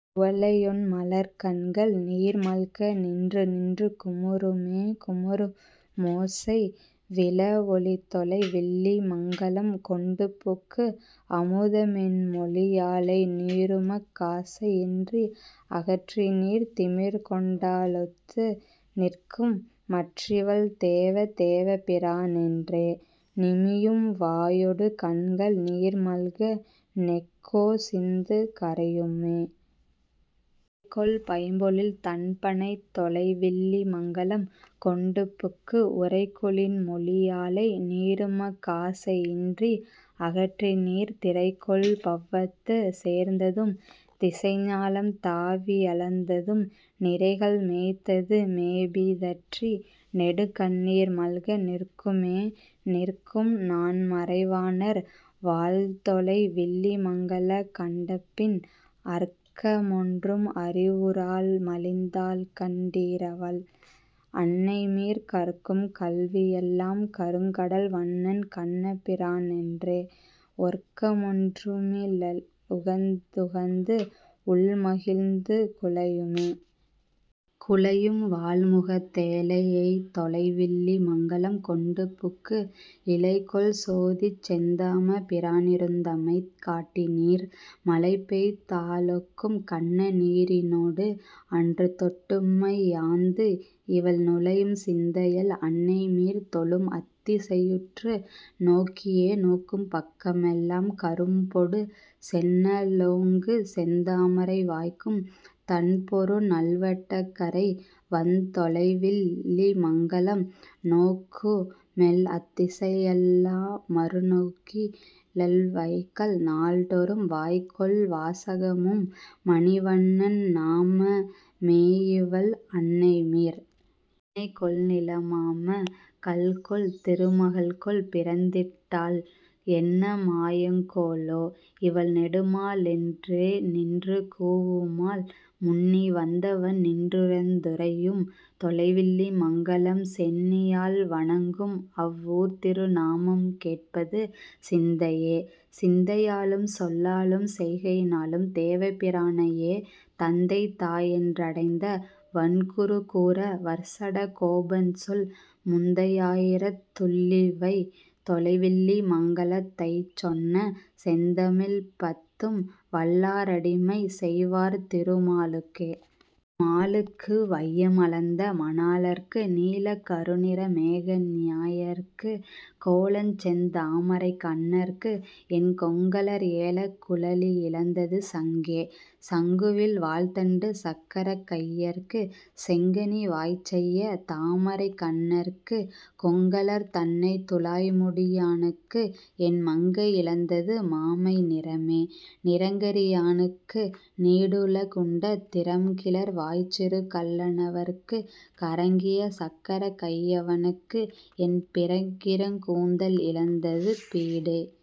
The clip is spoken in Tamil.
குவளை யொண்மலர்க் கண்கள் நீர்மல்க நின்று நின்று குமுறுமே.. குமுறு மோசை விழவொ லித்தொலை வில்லி மங்கலம் கொண்டுபுக்கு, அமுத மென்மொழி யாளை நீருமக் காசை யின்றி அகற்றினீர், திமிர்க்கொண் டாலொத்து நிற்கும் மற்றிவள் தேவ தேவபி ரானென்றே, நிமியும் வாயொடு கண்கள் நீர்மல்க நெக்கொ சிந்து கரையுமே.. கொள் பைம்பொழில் தண்ப ணைத்தொலை வில்லி மங்கலம் கொண்டுபுக்கு, உரைகொ ளின்மொழி யாளை நீருமக் காசை யின்றி அகற்றினீர், திரைகொள் பௌவத்து சேர்ந்த துதிசை ஞாலம் தாவி யளந்ததும், நிரைகள் மேய்த்தது மேபி தற்றி நெடுங்கண் ணீர்மல்க நிற்குமே.. நிற்கும் நான்மறை வாணர் வாழ்தொலை வில்லி மங்கலங் கண்டபின், அற்க மொன்றும் அறிவு றாள்மலிந் தாள்கண் டீரிவள் அன்னைமீர், கற்கும் கல்வியெல் லாம்க ருங்கடல் வண்ணன் கண்ணபி ரானென்றே, ஒற்க மொன்றுமி லள்உகந்துகந்து உள்மகிழ்ந்து குழையுமே.. குழையும் வாள்முகத் தேழை யைத்தொலை வில்லி மங்கலம் கொண்டுபுக்கு, இழைகொள் சோதிச்செந் தாம பிரானி ருந்தமை காட்டினீர், மழைபெய் தாலொக்கும் கண்ண நீரினொடு அன்று தொட்டும்மை யாந்து, இவள் நுழையும் சிந்தையள் அன்னை மீர். தொழும் அத்தி சையுற்று நோக்கியே.. நோக்கும் பக்கமெல் லாம்க ரும்பொடு செந்நெ லோங்குசெந் தாமரை, வாய்க்கும் தண்பொரு நல்வ டகரை வந்தொ லைவில்லி மங்கலம், நோக்கு மேல்அ த் திசையல் லால்மறு நோக்கி லள்வைகல் நாள்டொறும், வாய்க்கொள் வாசக மும்ம ணிவண்ணன் நாம மேயிவள் அன்னைமீர்.. பின்னை கொல்நில மாம கள்கொல்? திரும கள்கொல்? பிறந்திட்டாள், என்ன மாயங்கொ லோ? இ வள்நெடு மாலென் றேநின்று கூவுமால், முன்னி வந்தவன் நின்றி ருந்துறை யும்தொ லைவில்லி மங்கலம் சென்னி யால்வணங் கும்அ வ் வூர்த்திரு நாமம் கேட்பது சிந்தையே. சிந்தை யாலும்சொல் லாலும் செய்கையினாலும் தேவ பிரானையே, தந்தை தாயென் றடைந்த வண்குரு கூர வர்சட கோபன்சொல், முந்தை யாயிரத் துள்ளி வைதொலை வில்லி மங்கலத் தைச்சொன்ன, செந்தமிழ்பத்தும் வல்லாரடிமை செய் வார்திரு மாலுக்கே. மாலுக்கு வையம் அளந்த மணாளற்கு, நீலக் கருநிற மேக நியாயற்கு, கோலச்செந் தாமரைக் கண்ணற்கு, என் கொங்கலர் ஏலக் குழலி யிழந்தது சங்கே.. சங்குவில் வாள்தண்டு சக்கரக் கையற்கு, செங்கனி வாய்ச்செய்ய தாமரை கண்ணற்கு, கொங்கலர் தண்ணந் துழாய்முடி யானுக்கு, என் மங்கை யிழந்தது மாமை நிறமே.. நிறங்கரி யானுக்கு நீடுல குண்ட, திறம்கிளர் வாய்ச்சிறு கள்ள னவற்கு, கறங்கிய சக்கரக் கையவ னுக்கு, என் பிறங்கிருங் கூந்தல் இழந்தது பீடே..